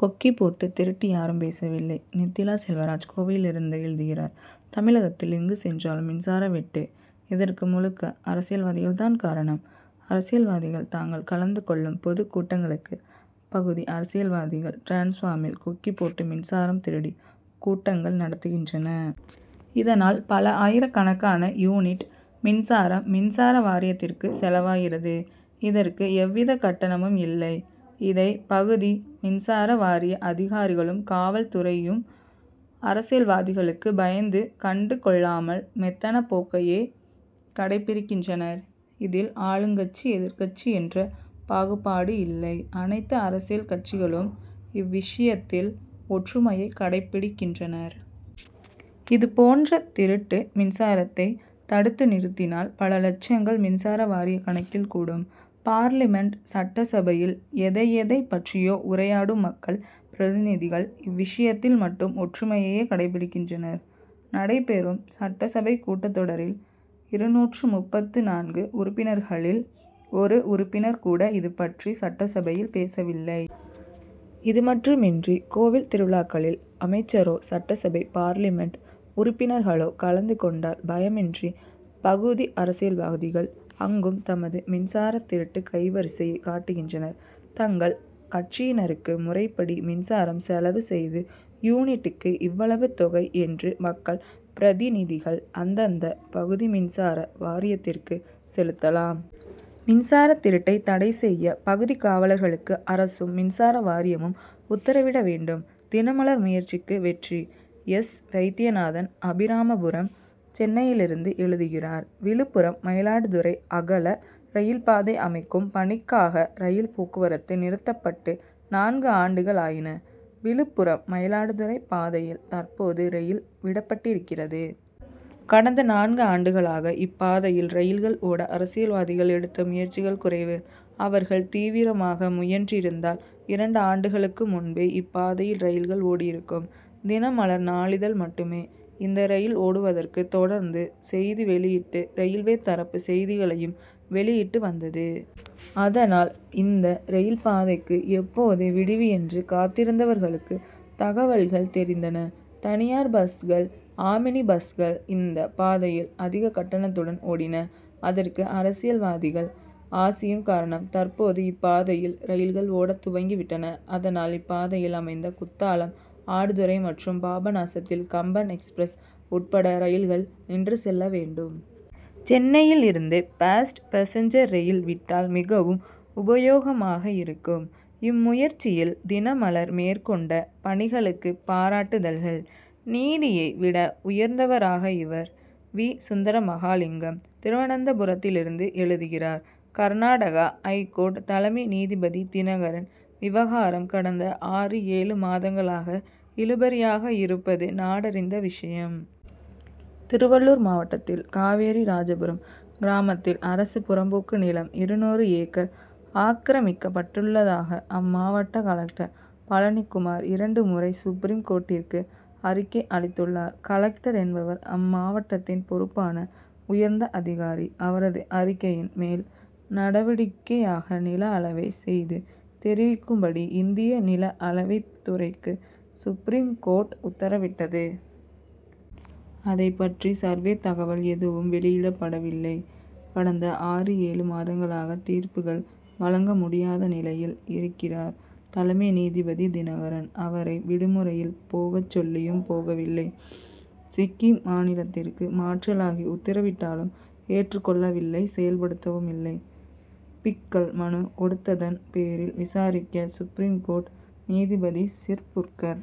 கொக்கி போட்டு திருட்டு யாரும் பேசவில்லை! நித்திலா செல்வராஜ் கோவையிலிருந்து எழுதுகிறார் தமிழகத்தில் எங்கு சென்றாலும் மின்சார வெட்டு இதற்கு முழுக்க அரசியல்வாதிகள் தான் காரணம். அரசியல்வாதிகள் தாங்கள் கலந்து கொள்ளும் பொதுக் கூட்டங்களுக்கு பகுதி அரசியல்வாதிகள் டிரான்ஸ்பார்மில் கொக்கி போட்டு மின்சாரம் திருடி கூட்டங்கள் நடத்துகின்றனர். இதனால் பல ஆயிரக்கணக்கான யூனிட் மின்சாரம் மின்சார வாரியத்திற்கு செலவாகிறது இதற்கு எவ்வித கட்டணமும் இல்லை. இதை பகுதி மின்சார வாரிய அதிகாரிகளும் காவல் துறையும் அரசியல்வாதிகளுக்கு பயந்து கண்டு கொள்ளாமல் மெத்தன போக்கையே கடைபிடிக்கின்றனர். இதில் ஆளுங்கட்சி எதிர்க்கட்சி என்ற பாகுபாடு இல்லை. அனைத்து அரசியல் கட்சிகளும் இவ்விஷயத்தில் ஒற்றுமையை கடைபிடிக்கின்றன. இதுபோன்ற திருட்டு மின்சாரத்தை தடுத்து நிறுத்தினால் பல லட்சங்கள் மின்சார வாரிய கணக்கில் கூடும். பார்லிமென்ட் சட்டசபையில் எதை எதைப் பற்றியோ உரையாடும் மக்கள் பிரதிநிதிகள் இவ்விஷயத்தில் மட்டும் ஒற்றுமையையே கடைபிடிக்கின்றனர். நடைபெறும் சட்டசபை கூட்டத் தொடரில் இருநூற்று முப்பத்து நான்கு உறுப்பினர்களில் ஒரு உறுப்பினர் கூட இதுபற்றி சட்டசபையில் பேசவில்லை. இதுமட்டுமன்றி கோவில் திருவிழாக்களில் அமைச்சரோ சட்டசபை பார்லிமென்ட் உறுப்பினர்களோ கலந்து கொண்டால் பயமின்றி பகுதி அரசியல்வாதிகள் அங்கும் தமது மின்சார திருட்டு கைவரிசையை காட்டுகின்றனர். தங்கள் கட்சியினருக்கு முறைபடி மின்சாரம் செலவு செய்து யூனிட்டுக்கு இவ்வளவு தொகை என்று மக்கள் பிரதிநிதிகள் அந்தந்த பகுதி மின்சார வாரியத்திற்கு செலுத்தலாம். மின்சார திருட்டை தடை செய்ய பகுதி காவலர்களுக்கு அரசும் மின்சார வாரியமும் உத்தரவிட வேண்டும். தினமலர் முயற்சிக்கு வெற்றி! எஸ். வைத்தியநாதன் அபிராமபுரம் சென்னையிலிருந்து எழுதுகிறார் விழுப்புரம் மயிலாடுதுறை அகல ரயில்பாதை அமைக்கும் பணிக்காக ரயில் போக்குவரத்து நிறுத்தப்பட்டு நான்கு ஆண்டுகள் ஆயின. விழுப்புரம் மயிலாடுதுறை பாதையில் தற்போது ரயில் விடப்பட்டிருக்கிறது. கடந்த நான்கு ஆண்டுகளாக இப்பாதையில் ரயில்கள் ஓட அரசியல்வாதிகள் எடுத்த முயற்சிகள் குறைவு. அவர்கள் தீவிரமாக முயன்றிருந்தால் இரண்டு ஆண்டுகளுக்கு முன்பே இப்பாதையில் ரயில்கள் ஓடியிருக்கும். தினமலர் நாளிதழ் மட்டுமே இந்த ரயில் ஓடுவதற்கு தொடர்ந்து செய்தி வெளியிட்டு ரயில்வே தரப்பு செய்திகளையும் வெளியிட்டு வந்தது. அதனால் இந்த ரயில் பாதைக்கு எப்போது விடிவு என்று காத்திருந்தவர்களுக்கு தகவல்கள் தெரிந்தன. தனியார் பஸ்கள் ஆம்னி பஸ்கள் இந்தப் பாதையில் அதிக கட்டணத்துடன் ஓடின அதற்கு அரசியல்வாதிகள் ஆசியும் காரணம். தற்போது இப்பாதையில் ரயில்கள் ஓடத் துவங்கி விட்டன. ஆனால் இப்பாதையில் அமைந்த குத்தாலம் ஆடுதுறை மற்றும் பாபநாசத்தில் கம்பன் எக்ஸ்பிரஸ் உட்பட ரயில்கள் நின்று செல்ல வேண்டும். சென்னையில் இருந்து பாஸ்ட் பாசஞ்சர் ரயில் விட்டால் மிகவும் உபயோகமாக இருக்கும். இம்முயற்சியில் தினமலர்மேற்கொண்ட பணிகளுக்கு பாராட்டு தல்கள். நீதியை விட உயர்ந்தவரா இவர்? வீ. சுந்தரமகாலிங்கம் திருவனந்தபுரத்திலிருந்து எழுதுகிறார் கர்நாடகா ஐகோர்ட் தலைமை நீதிபதி தினகரன் விவகாரம் கடந்த ஆறு ஏழு மாதங்களாக இழுபறியாக இருப்பது நாடறிந்த விஷயம். திருவள்ளூர் மாவட்டத்தில் காவேரி ராஜபுரம் கிராமத்தில் அரசு புறம்போக்கு நிலம் இருநூறு ஏக்கர் ஆக்கிரமிக்கப்பட்டுள்ளதாக அம் மாவட்ட கலெக்டர் பழனிக் குமார் இரண்டு முறை சுப்ரீம் கோர்ட்டிற்கு அறிக்கை அளித்துள்ளார். கலெக்டர் என்பவர் அம் மாவட்டத்தின் பொறுப்பான உயர்ந்த அதிகாரி. அவரது அறிக்கையின் மேல் நடவடிக்கையாக நில அளவை செய்து தெரிவிக்கும்படி இந்திய நில அளவைத் துறைக்கு சுப்ரீம் கோர்ட் உத்தரவிட்டது. அதைப் பற்றி சர்வே தகவல் எதுவும் வெளியிடப்படவில்லை. கடந்த ஆறு ஏழு மாதங்களாக தீர்ப்புகள் வழங்க முடியாத நிலையில் இருக்கிறார் தலைமை நீதிபதி தினகரன். அவரை விடுமுறையில் போகச் சொல்லியும் போகவில்லை. சிக்கிம் மாநிலத்திற்கு மாற்றலாகி உத்தரவிட்டாலும் ஏற்றுக் கொள்ளவில்லை செயல்படுத்தவும் இல்லை. பி.க்கள் மனு கொடுத்ததன் பேரில் விசாரிக்க சுப்ரீம் கோர்ட் நீதிபதி சிர்புர்கர்